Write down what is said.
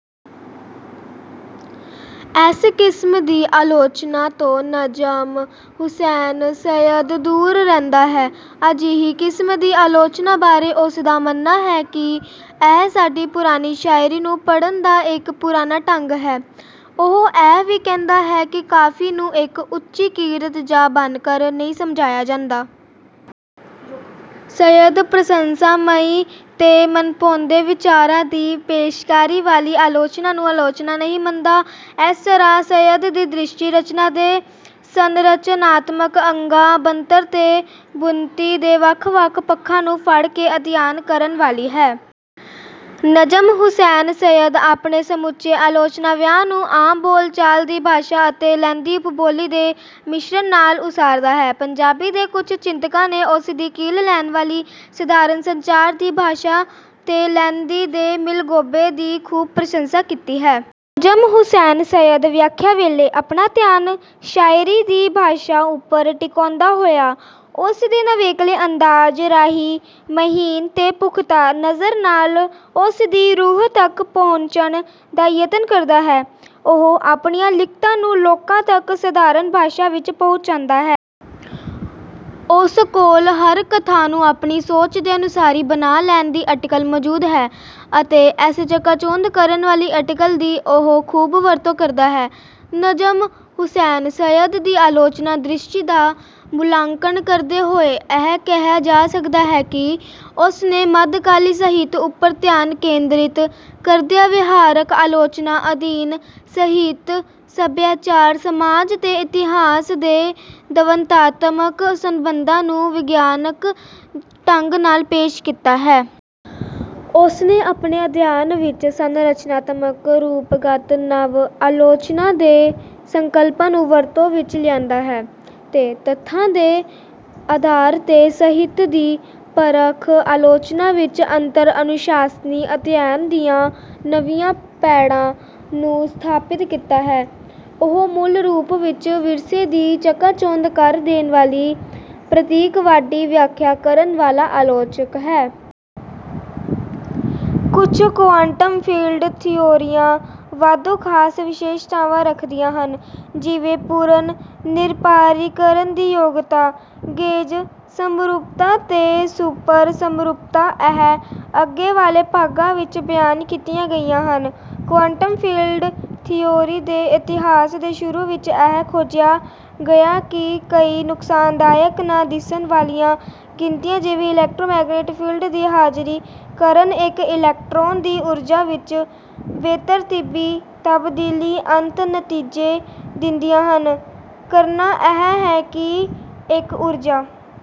ਇਸ ਕਿਸਮ ਦੀ ਆਲੋਚਨਾ ਤੋਂ ਨਜਮ ਹੁਸੈਨ ਸੱਯਦ ਦੂਰ ਰਹਿੰਦਾ ਹੈ। ਅਜਿਹੀ ਕਿਸਮ ਦੀ ਆਲੋਚਨਾ ਬਾਰੇ ਉਸਦਾ ਮੰਨਣਾ ਹੈ ਕਿ, ਇਹ ਸਾਡੀ ਪੁਰਾਣੀ ਸ਼ਾਇਰੀ ਨੂੰ ਪੜ੍ਹਨ ਦਾ ਇੱਕ ਪੁਰਾਣਾ ਢੰਗ ਹੈ। ਉਹ ਇਹ ਵੀ ਕਹਿੰਦਾ ਹੈ ਕਿ ਕਾਫ਼ੀ ਨੂੰ ਇੱਕ ਉੱਚੀ ਕਿਰਤ ਜਾਂ ਬਣਤਰ ਨਹੀਂ ਸਮਝਿਆ ਜਾਂਦਾ। ਸੱਯਦ ਪ੍ਰਸੰਸਾਮਈ ਤੇ ਮਨਭਾਉਂਦੇ ਵਿਚਾਰਾਂ ਦੀ ਪੇਸ਼ਕਾਰੀ ਵਾਲੀ ਆਲੋਚਨਾ ਨੂੰ ਆਲੋਚਨਾ ਨਹੀਂ ਮੰਨਦਾ। ਇਸ ਤਰ੍ਹਾਂ ਸੱਯਦ ਦੀ ਦ੍ਰਿਸ਼ਟੀ ਰਚਨਾ ਦੇ ਸੰਰਚਨਾਤਮਕ ਅੰਗਾਂ, ਬਣਤਰ ਤੇ ਬੁਣਤੀ ਦੇ ਵੱਖ-ਵੱਖ ਪੱਖਾਂ ਨੂੰ ਫੜ੍ਹ ਕੇ ਅਧਿਐਨ ਕਰਨ ਵਾਲੀ ਹੈ। ਨਜਮ ਹੁਸੈਨ ਸੱਯਦ ਆਪਣੇ ਸਮੁੱਚੇ ਆਲੋਚਨਾ ਵਿਹਾਰ ਨੂੰ ਆਮ ਬੋਲ-ਚਾਲ ਦੀ ਭਾਸ਼ਾ ਅਤੇ ਲਹਿੰਦੀ ਉਪਬੋਲੀ ਦੇ ਮਿਸ਼ਰਨ ਨਾਲ ਉਸਾਰਦਾ ਹੈ। ਪੰਜਾਬੀ ਦੇ ਕੁਝ ਚਿੰਤਕਾਂ ਨੇ ਉਸ ਦੀ ਕੀਲ ਲੈਣ ਵਾਲੀ ਸਧਾਰਨ ਸੰਚਾਰ ਦੀ ਭਾਸ਼ਾ ਤੇ ਲਹਿੰਦੀ ਦੇ ਮਿਲਗੋਭੇ ਦੀ ਖੂਬ ਪ੍ਰਸੰਸਾ ਕੀਤੀ ਹੈ। ਨਜਮ ਹੁਸੈਨ ਸੱਯਦ ਵਿਆਖਿਆ ਵੇਲੇ ਆਪਣਾ ਧਿਆਨ ਸ਼ਾਇਰੀ ਦੀ ਭਾਸ਼ਾ ਉੱਪਰ ਟਿਕਾਉਂਦਾ ਹੋਇਆ, ਉਸਦੇ ਨਵੇਕਲੇ ਅੰਦਾਜ਼ ਰਾਹੀਂ, ਮਹੀਨ ਤੇ ਪੁਖਤਾ ਨਜ਼ਰ ਨਾਲ, ਉਸ ਦੀ ਰੂਹ ਤੱਕ ਪਹੁੰਚਣ ਦਾ ਯਤਨ ਕਰਦਾ ਹੈ। ਉਹ ਆਪਣੀਆਂ ਲਿਖਤਾਂ ਨੂੰ ਲੋਕਾਂ ਤੱਕ ਸਾਧਾਰਨ ਭਾਸ਼ਾ ਵਿੱਚ ਪਹੁੰਚਾਉਂਦਾ ਹੈ। ਉਸ ਕੋਲ ਹਰ ਕਥਾ ਨੂੰ ਆਪਣੀ ਸੋਚ ਦੇ ਅਨੁਸਾਰੀ ਬਣਾ ਲੈਣ ਦੀ ਅਟਕਲ ਮੌਜੂਦ ਹੈ, ਅਤੇ ਇਸ ਚਕਾਚੌਂਧ ਕਰਨ ਵਾਲੀ ਅਟਕਲ ਦੀ ਉਹ ਖੂਬ ਵਰਤੋਂ ਕਰਦਾ ਹੈ। ਨਜਮ ਹੁਸੈਨ ਸੱਯਦ ਦੀ ਆਲੋਚਨਾ ਦ੍ਰਿਸ਼ਟੀ ਦਾ ਮੁਲਾਂਕਣ ਕਰਦੇ ਹੋਏ ਇਹ ਕਿਹਾ ਜਾ ਸਕਦਾ ਹੈ ਕਿ ਉਸਨੇ ਮੱਧਕਾਲੀ ਸਾਹਿਤ ਉੱਪਰ ਧਿਆਨ ਕੇਂਦਰਿਤ ਕਰਦਿਆਂ ਵਿਹਾਰਕ ਆਲੋਚਨਾ ਅਧੀਨ ਸਾਹਿਤ, ਸਭਿਆਚਾਰ, ਸਮਾਜ ਤੇ ਇਤਿਹਾਸ ਦੇ ਦਵੰਦਾਤਮਕ ਸੰਬੰਧਾਂ ਨੂੰ ਵਿਗਿਆਨਕ ਢੰਗ ਨਾਲ ਪੇਸ਼ ਕੀਤਾ ਹੈ। ਉਸਨੇ ਆਪਣੇ ਅਧਿਐਨ ਵਿੱਚ ਸੰਰਚਨਾਤਮਕ, ਰੂਪਗਤ, ਨਵ-ਆਲੋਚਨਾ ਦੇ ਸੰਕਲਪਾਂ ਨੂੰ ਵਰਤੋਂ ਵਿੱਚ ਲਿਆਂਦਾ ਹੈ ਤੇ ਤੱਥਾਂ ਦੇ ਆਧਾਰ ਤੇ ਸਾਹਿਤ ਦੀ ਪਰਖ-ਆਲੋਚਨਾ ਵਿੱਚ ਅੰਤਰ-ਅਨੁਸ਼ਾਸਨੀ ਅਧਿਐਨ ਦੀਆਂ ਨਵੀਆਂ ਪੈੜਾਂ ਨੂੰ ਸਥਾਪਿਤ ਕੀਤਾ ਹੈ। ਉਹ ਮੂਲ ਰੂਪ ਵਿੱਚ ਵਿਰਸੇ ਦੀ ਚਕਾਚੌਂਧ ਕਰ ਦੇਣ ਵਾਲੀ ਪ੍ਰਤੀਕਵਾਦੀ ਵਿਆਖਿਆ ਕਰਨ ਵਾਲਾ ਆਲੋਚਕ ਹੈ। ਕੁਝ ਕੁਆਂਟਮ ਫੀਲਡ ਥਿਊਰੀਆਂ, ਵਾਧੂ ਖਾਸ ਵਿਸ਼ੇਸ਼ਤਾਵਾਂ ਰੱਖਦੀਆਂ ਹਨ, ਜਿਵੇਂ ਪੁਨਰ-ਨਿਰਧਾਰੀਕਰਨ ਦੀ ਯੋਗਤਾ, ਗੇਜ ਸਮਰੂਪਤਾ, ਅਤੇ ਸੁਪਰ ਸਮਰੂਪਤਾ। ਇਹ ਅੱਗੇ ਵਾਲੇ ਭਾਗਾਂ ਵਿੱਚ ਬਿਆਨ ਕੀਤੀਆਂ ਗਈਆਂ ਹਨ। ਕੁਆਂਟਮ ਫੀਲਡ ਥਿਊਰੀ ਦੇ ਇਤਿਹਾਸ ਦੇ ਸ਼ੁਰੂ ਵਿੱਚ, ਇਹ ਖੋਜਿਆ ਗਿਆ ਕਿ ਕਈ ਨੁਕਸਾਨਦਾਇਕ ਨਾ ਦਿਸਣ ਵਾਲੀਆਂ ਗਿਣਤੀਆਂ, ਜਿਵੇਂ ਇਲੈਕਟ੍ਰੋਮੈਗਨੈਟਿਕ ਫੀਲਡ ਦੀ ਹਾਜ਼ਰੀ ਕਾਰਨ ਇੱਕ ਇਲੈਕਟ੍ਰੋਨ ਦੀ ਊਰਜਾ ਵਿੱਚ ਬੇਤਰਤੀਬੀ ਤਬਦੀਲੀ, ਅਨੰਤ ਨਤੀਜੇ ਦਿੰਦੀਆਂ ਹਨ। ਕਰਨਾ ਇਹ ਹੈ ਕਿ ਇੱਕ ਊਰਜਾ